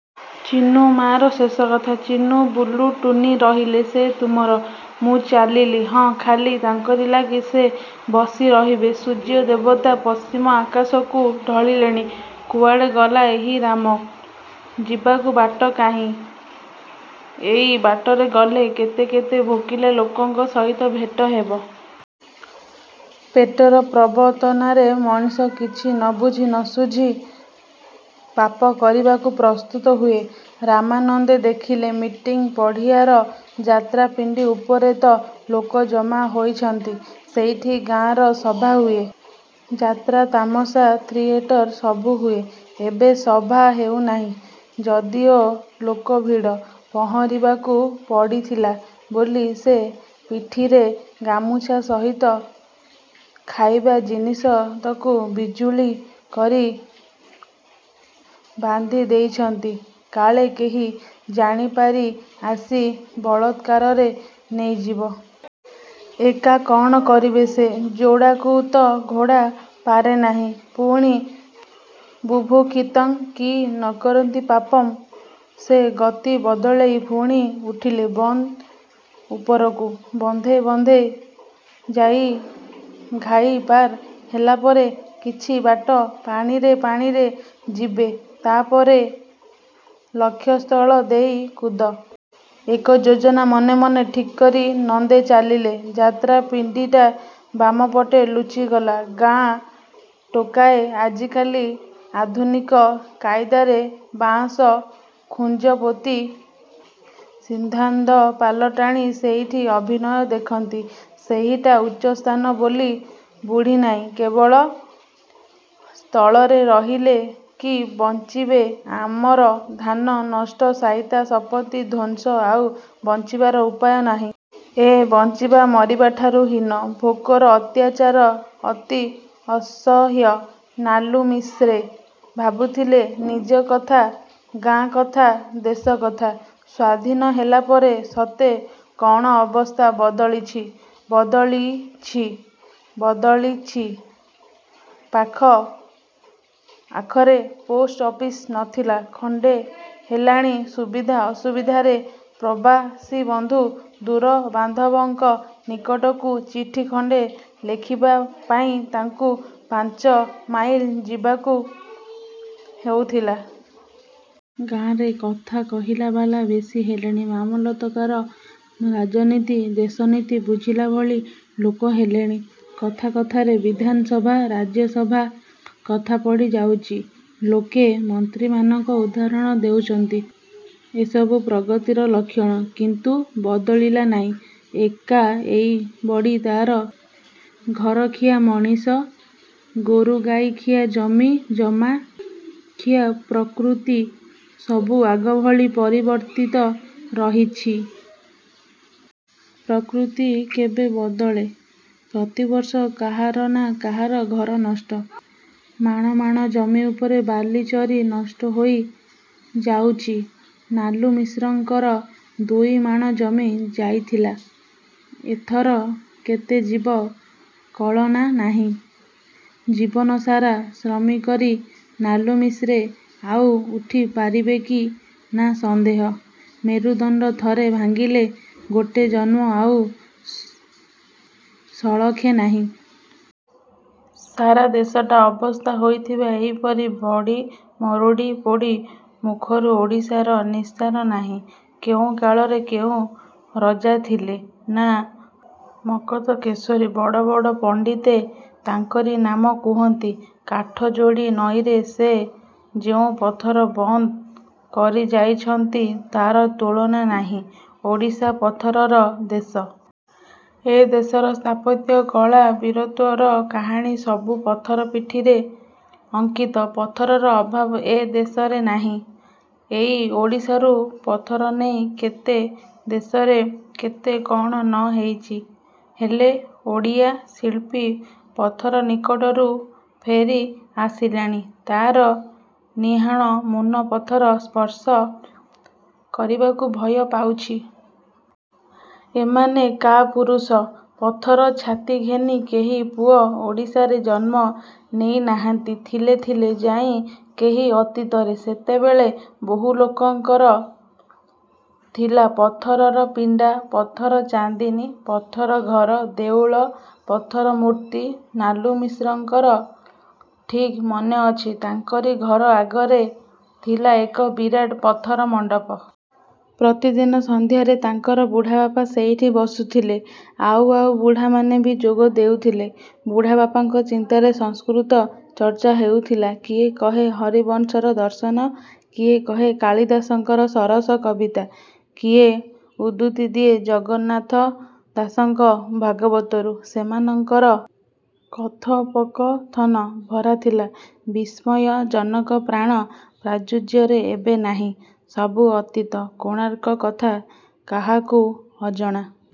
ଚିନୁ-ମାର ଶେଷକଥା;–ଚିନୁ ବୁଲୁ ଟୁନୀ ରହିଲେ–ସେ ତୁମର–ମୁଁ ଚାଲିଲି। ହଁ ଖାଲି ତାଙ୍କରି ଲାଗି ସେ ବସିରହିବେ। ସୂର୍ଯ୍ୟଦେବତା ପଶ୍ଚିମ ଆକାଶକୁ ଢଳିଲେଣି। କୁଆଡ଼େ ଗଲା ଏହି ରାମ? ଯିବାକୁ ବାଟ କାହିଁ। ଏଇ ବାଟରେ ଗଲେ କେତେ କେତେ ଭୋକିଲା ଲୋକଙ୍କ ସହିତ ଭେଟ ହେବ। ପେଟର ପ୍ରବର୍ତ୍ତନାରେ ମଣିଷ କିଛି ନବୁଝି ନସୁଝି ପାପ କରିବାକୁ ପ୍ରସ୍ତୁତ ହୁଏ। ରାମାନନ୍ଦେ ଦେଖିଲେ–ମିଟିଂ ପଡ଼ିଆର ଯାତ୍ରାପିଣ୍ଡି ଉପରେ ତ ଲୋକ ଜମା ହୋଇଛନ୍ତି। ସେଇଠି ଗାଁର ସଭା ହୁଏ। ଯାତ୍ରା, ତାମସା, ଥିଏଟର ସବୁହୁଏ। ଏବେ ସଭା ହେଉନାହିଁ–ଯଦିଓ ଲୋକଭିଡ଼। ପହଁରିବାକୁ ପଡ଼ିଥିଲା ବୋଲି ସେ ପିଠିରେ ଗାମୁଛା ସହିତ ଖାଇବା ଜିନିଷତକ ବୁଜୁଳି କରି ବାନ୍ଧିଦେଇଚନ୍ତି କାଳେ କେହି ଜାଣିପାରି ଆସି ବଳାତ୍କାରରେ ନେଇଯିବ? ଏକା କଣ କରିବେ ସେ? ଯୋଡ଼ାକୁ ତ ଘୋଡ଼ା ପାରେନାଇଁ। ପୁଣି, ବୁଭୁକ୍ଷିତଂ କିଂ ନ କରୋତି ପାପମ୍ ସେ ଗତି ବଦଳେଇ ପୁଣି ଉଠିଲେ ବନ୍ଧ ଉପରକୁ। ବନ୍ଧେ ବନ୍ଧେ ଯାଇ ଘାଇ ପାର ହେଲାପରେ–କିଛି ବାଟ ପାଣିରେ ପାଣିରେ ଯିବେ–ତା'ପରେ ଲକ୍ଷ୍ୟସ୍ଥଳ ସେଇ କୁଦ। ଏକ ଯୋଜନା ମନେ ମନେ ଠିକ୍କରି ନନ୍ଦେ ଚାଲିଲେ! ଯାତ୍ରାପିଣ୍ଡିଟା ବାମପଟେ ଲୁଚିଗଲା। ଗାଁ-ଟୋକାଏ ଆଜିକାଲି ଆଧୁନିକ କାଇଦାରେ ବାଆଁଶ ଖୁଞ୍ଚପୋତି, ସିନ୍ବାନ୍ଧ ପାଲ ଟାଙ୍ଗି ସେଇଠି ଅଭିନୟ ଦେଖାନ୍ତି। ସେଇଟା ଉଚ୍ଚସ୍ଥାନ। ବୋଲି ବୁଡ଼ିନାଇଁ କେବଳ ସ୍ଥଳରେ ରହିଲେ କି ବଞ୍ଚିବେ? ଅମାର ଧାନ ନଷ୍ଟ–ସାଇତା, ସମ୍ପତ୍ତି ଧ୍ୱଂସ–ଆଉ ବଞ୍ଚିବାର ଉପାୟ ନାହିଁ? ଏ ବଞ୍ଚିବା ମରିବାଠାରୁ ହୀନ। ଭୋକର ଅତ୍ୟାଚାର ଅତି ଅସହ୍ୟ। ନାଲୁମିଶ୍ରେ ଭାବୁଥିଲେ–ନିଜକଥା, ଗାଁ କଥା, ଦେଶ କଥା। ସ୍ୱାଧୀନ ହେଲାପରେ ସତେ କଣ ଅବସ୍ଥା ବଦଳିଚି? ବଦଳିଚି, ବଦଳିଚି। ପାଖ ଆଖରେ ପୋଷ୍ଟ ଅଫିସ ନଥିଲା, ଖଣ୍ଡେ ହେଲାଣି। ସୁବିଧା ଅସୁବିଧାରେ ପ୍ରବାସୀବନ୍ଦୁ ଦୂରବାନ୍ଧବଙ୍କ ନିକଟକୁ ଚିଠିଖଣ୍ଡେ ଲେଖିବା ପାଇଁ ତାଙ୍କୁ ପାଞ୍ଚମାଇଲ ଯିବାକୁ ହେଉଥିଲା। ଗାଁରେ କଥା କହିଲାବାଲା ବେଶି ହେଲେଣି। ମାମଲତକାର, ରାଜନୀତି, ଦେଶନୀତି ବୁଝିଲା ଭଳି ଲୋକ ହେଲେଣି। କଥା କଥାକରେ ବିଧାନସଭା ରାଜ୍ୟସଭା କଥା ପଡ଼ି ଯାଉଚି। ଲୋକେ ମନ୍ତ୍ରୀମାନଙ୍କ ଉଦାହରଣ ଦେଉଚନ୍ତି। ଏସବୁ ପ୍ରଗତିର ଲକ୍ଷଣ। କିନ୍ତୁ–ବଦଳିଲା ନାଇଁ ଏକା ଏଇ ବଢ଼ି ତାର ଘରଖିଆ, ମଣିଷ–ଗୋରୁଗାଈ ଖିଆ ଜମି–ଜମା ଖିଆ ପ୍ରକୃତି ସବୁ ଆଗଭଳି ଅପରିବର୍ତ୍ତିତ ରହିଚି। ପ୍ରକୃତ୍ତି କେବେ ବଦଳେ? ପ୍ରତିବର୍ଷ କାହାର ନା କାହାର ଘରନଷ୍ଟ। ମାଣମାଣ ଜମି ଉପରେ ବାଲିଚରି ନଷ୍ଟହୋଇ ଯାଉଚି। ନାଲୁମିଶ୍ରଙ୍କର ଦୁଇମାଣ ଜମି ଯାଇଥିଲା–ଏଥର କେତେ ଯିବ କଳନା ନାହିଁ-। ଜୀବନ ସାରା ଶ୍ରମକରି ନାଲୁମିଶ୍ରେ ଆଉ ଉଠି ପାରିବେ କି ନା ସନ୍ଦେହ। ମେରୁଦଣ୍ଡ ଥରେ ଭାଙ୍ଗିଲେ ଗୋଟେ ଜନ୍ମ ଆଉ ସଳଖେ ନାହିଁ। ସାରା ଦେଶଟା ଅବସ୍ଥା ହୋଇଥିବ ଏଇପରି। ବଡ଼ି–ମରୁଡ଼ି–ପୋଡ଼ି ମୁଖରୁ ଓଡ଼ିଶାର ନିସ୍ତାର ନାହିଁ। କେଉଁ କାଳରେ କେଉଁ ରଜାଥିଲେ, ନାଁ ମର୍କତକେଶରୀ। ବଡ଼ ବଡ଼ ପଣ୍ଡିତେ ତାଙ୍କରି ନାମ କୁହନ୍ତି। କାଠଯୋଡ଼ି ନଈରେ ସେ ଯେଉଁ ପଥର ବନ୍ଧ କରିଯାଇଛନ୍ତି ତାର ତୁଳନା ନାହିଁ। ଓଡ଼ିଶା ପଥରର ଦେଶ। ଏ ଦେଶର ସ୍ଥାପତ୍ୟ, କଳା, ବୀରତ୍ୱର କାହାଣୀ ସବୁ ପଥର ପିଠିରେ ଅଙ୍କିତ। ପଥରର ଅଭାବ ଏ ଦେଶରେ ନାହିଁ। ଏଇ ଓଡ଼ିଶାରୁ ପଥରନେଇ କେତେ ଦେଶରେ କେତେ କଣ ନ ହେଉଚି। ହେଲେ, ଓଡ଼ିଆ ଶିଳ୍ପୀ ପଥର ନିକଟରୁ ଫେରି ଆସିଲାଣି। ତାର ନିହାଣ ମୁନ ପଥର ସ୍ପର୍ଶ କରିବାକୁ ଭୟ ପାଉଛି। ଏମାନେ କାପୁରୁଷ। ପଥର ଛାତି ଘେନି କେହି ପୁଅ ଓଡ଼ିଶାରେ ଜନ୍ମ ନେଉନାହାନ୍ତି। ଥିଲେ, ଥିଲେ ଯାଇଁ କେଉଁ ଅତୀତରେ। ସେତେବେଳେ ବହୁଲୋକଙ୍କର ଥିଲା ପଥରର ପିଣ୍ଡା, ପଥର ଚାନ୍ଦିନୀ, ପଥର ଘର, ଦେଉଳ, ପଥର ମୂର୍ତ୍ତି। ନାଲୁମିଶ୍ରଙ୍କର ଠିକ୍ ମନେଅଛି, ତାଙ୍କରି ଘର ଆଗରେ ଥିଲା ଏକ ବିରାଟ ପଥର ମଣ୍ଡପ। ପ୍ରତିଦିନ ସଂଧ୍ୟାରେ ତାଙ୍କର ବୁଢ଼ାବାପା ସେଇଠି ବସୁଥିଲେ। ଆଉ ଆଉ ବୁଢ଼ାମାନେ ବି ଯୋଗ ଦେଉଥିଲେ ବୁଢ଼ାବାପାଙ୍କ ଚିନ୍ତାରେ। ସଂସ୍କୃତ ଚର୍ଚ୍ଚା ହେଉଥିଲା। କିଏ କହେ ହରିବଂଶର ଦର୍ଶନ, କିଏ କହେ କାଳିଦାସଙ୍କର ସରସ କବିତା, କିଏ ଉଦ୍ଧୃତି ଦିଏ ଜଗନ୍ନାଥ ଦାସଙ୍କ ଭାଗବତରୁ। ସେମାନଙ୍କର କଥୋପକଥନ ଭରାଥିଲା ବିସ୍ମୟଜନକ ପ୍ରାଣ ପ୍ରାଚୁର୍ଯ୍ୟରେ। ଏବେ ନାହିଁ, ସବୁ ଅତୀତ। କୋଣାର୍କ କଥା କାହାକୁ ଅଜଣା।